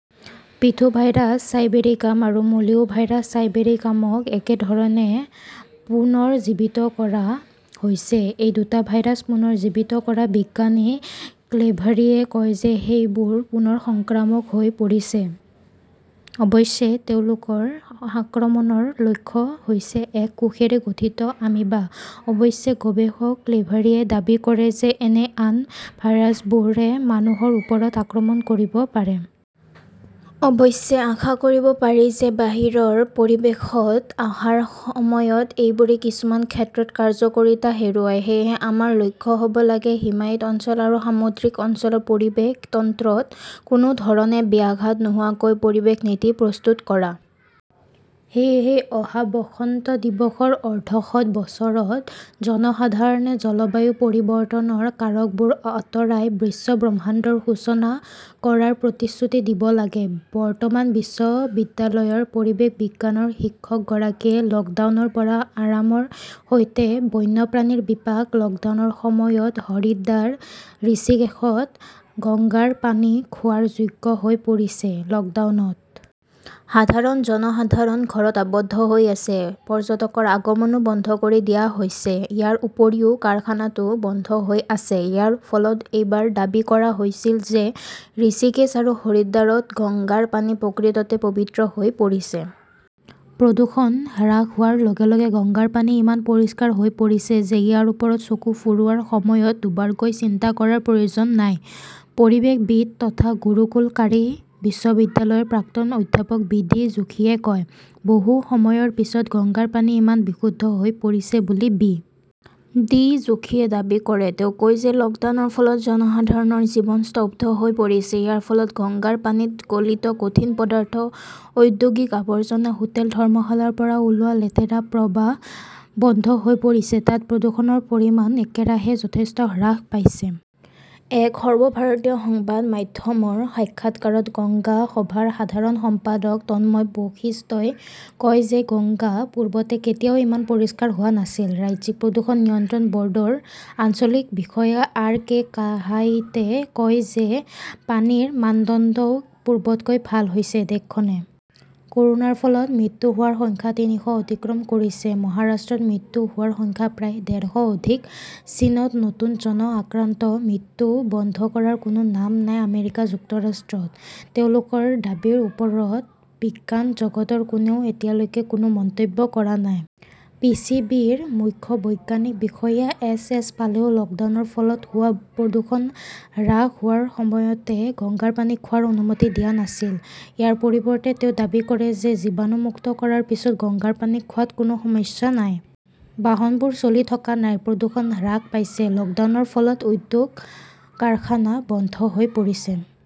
Pithovirus sibericum আৰু Mollivirus চাইবেৰিকামক একেধৰণে পুনৰুজ্জীৱিত কৰা হৈছে। এই দুটা ভাইৰাছ পুনৰুজ্জীৱিত কৰা বিজ্ঞানী ক্লেভাৰীয়ে কয় যে সেইবোৰ পুনৰ সংক্ৰামক হৈ পৰিছে। অৱশ্যে, তেওঁলোকৰ আক্ৰমণৰ লক্ষ্য হৈছে এক কোষেৰে গঠিত আমিবা। অৱশ্যে, গৱেষক ক্লেভাৰীয়ে দাবী কৰে যে এনে আন ভাইৰাছবোৰে মানুহৰ ওপৰত আক্ৰমণ কৰিব পাৰে। অৱশ্যে, আশা কৰিব পাৰি যে বাহিৰৰ পৰিৱেশত অহাৰ সময়ত এইবোৰে কিছুমান ক্ষেত্ৰত কাৰ্য্যকৰীতা হেৰুৱায়। সেয়েহে আমাৰ লক্ষ্য হব লাগে, হিমায়িত অঞ্চল আৰু সামুদ্ৰিক অঞ্চলৰ পৰিৱেশ তন্ত্ৰত কোনো ধৰণে ব্যাঘাত নোহোৱাকৈ পৰিৱেশ নীতি প্ৰস্তুত কৰা। সেয়েহে অহা বসন্ত দিৱসৰ অৰ্ধশত বছৰত জনসাধাৰণে জলবায়ু পৰিৱৰ্তনৰ কাৰকবোৰ আঁতৰাই বিশ্বব্ৰহ্মাণ্ডৰ সূচনা কৰাৰ প্ৰতিশ্ৰুতি দিব লাগে। বৰ্ধমান বিশ্ববিদ্যালয়ৰ পৰিৱেশ বিজ্ঞানৰ শিক্ষকগৰাকীয়ে লকডাউনৰ পৰা আৰামৰ সৈতে বন্যপ্ৰাণীৰ বিপাক, লকডাউনৰ সময়ত হৰিদ্বাৰ, ঋষিকেশত গংগাৰ পানী খোৱাৰ যোগ্য হৈ পৰিছে। লকডাউনত সাধাৰণ জনসাধাৰণ ঘৰত আবদ্ধ হৈ আছে। পৰ্যটকৰ আগমনও বন্ধ কৰি দিয়া হৈছে। ইয়াৰ উপৰিও, কাৰখানাটো বন্ধ হৈ আছে। ইয়াৰ ফলত এইবাৰ দাবী কৰা হৈছিল যে ঋষিকেশ আৰু হৰিদ্বাৰত গংগাৰ পানী প্ৰকৃততে 'পৱিত্ৰ হৈ পৰিছে। প্ৰদূষণ হ্ৰাস হোৱাৰ লগে-লগে গংগাৰ পানী ইমান পৰিষ্কাৰ হৈ পৰিছে যে ইয়াৰ ওপৰত চকু ফুৰোৱাৰ সময়ত দুবাৰকৈ চিন্তা কৰাৰ প্ৰয়োজন নাই, পৰিৱেশবিদ তথা গুৰুকুল কাংৰী বিশ্ববিদ্যালয়ৰ প্ৰাক্তন অধ্যাপক বি. ডি. যোশীয়ে কয়। বহু সময়ৰ পিছত গংগাৰ পানী ইমান বিশুদ্ধ হৈ পৰিছে বুলি বি. ডি. যোশীয়ে দাবী কৰে। তেওঁ কয় যে লকডাউনৰ ফলত জনসাধাৰণৰ জীৱন স্তব্ধ হৈ পৰিছে। ইয়াৰ ফলত গংগাৰ পানীত গলিত কঠিন পদাৰ্থ, ঔদ্যোগিক আৱৰ্জনা, হোটেল-ধৰ্মশালাৰ পৰা ওলোৱা লেতেৰা প্ৰবাহ বন্ধ হৈ পৰিছে। তাত প্ৰদূষণৰ পৰিমাণ একেৰাহে যথেষ্ট হ্ৰাস পাইছে। এক সৰ্বভাৰতীয় সংবাদ মাধ্যমৰ সাক্ষাৎকাৰত গংগা সভাৰ সাধাৰণ সম্পাদক তন্ময় বশিষ্ঠই কয় যে গংগা পূৰ্বতে কেতিয়াও ইমান পৰিষ্কাৰ হোৱা নাছিল। ৰাজ্যিক প্ৰদূষণ নিয়ন্ত্ৰণ বৰ্ডৰ আঞ্চলিক বিষয়া আৰ. কে. কাহাইটে কয় যে পানীৰ মানদণ্ডও পূৰ্বতকৈ ভাল হৈছে। দেশখনে কৰোনাৰ ফলত মৃত্যু হোৱাৰ সংখ্যা তিনিশ অতিক্ৰম কৰিছে, মহাৰাষ্ট্ৰত মৃত্যু হোৱাৰ সংখ্যা প্ৰায় ডেৰ শ অধিকঃ চীনত নতুন জন আক্ৰান্ত, মৃত্যু বন্ধ কৰাৰ কোনো নাম নাই আমেৰিকা যুক্তৰাষ্ট্ৰত তেওঁলোকৰ দাবীৰ ওপৰত বিজ্ঞান জগতৰ কোনেও এতিয়ালৈকে কোনো মন্তব্য কৰা নাই। পি. চি. বি. -ৰ মুখ্য বৈজ্ঞানিক বিষয়া এছ. এছ. পালেও লকডাউনৰ ফলত হোৱা প্ৰদূষণ হ্ৰাস হোৱাৰ সময়তে গংগাৰ পানী খোৱাৰ অনুমতি দিয়া নাছিল। ইয়াৰ পৰিৱৰ্তে, তেওঁ দাবী কৰে যে জীৱাণুমুক্ত কৰাৰ পিছত গংগাৰ পানী খোৱাত কোনো সমস্যা নাই। বাহনবোৰ চলি থকা নাই, প্ৰদূষণ হ্ৰাস পাইছে 'লকডাউন ৰ ফলত উদ্যোগ-কাৰখানা বন্ধ হৈ পৰিছে।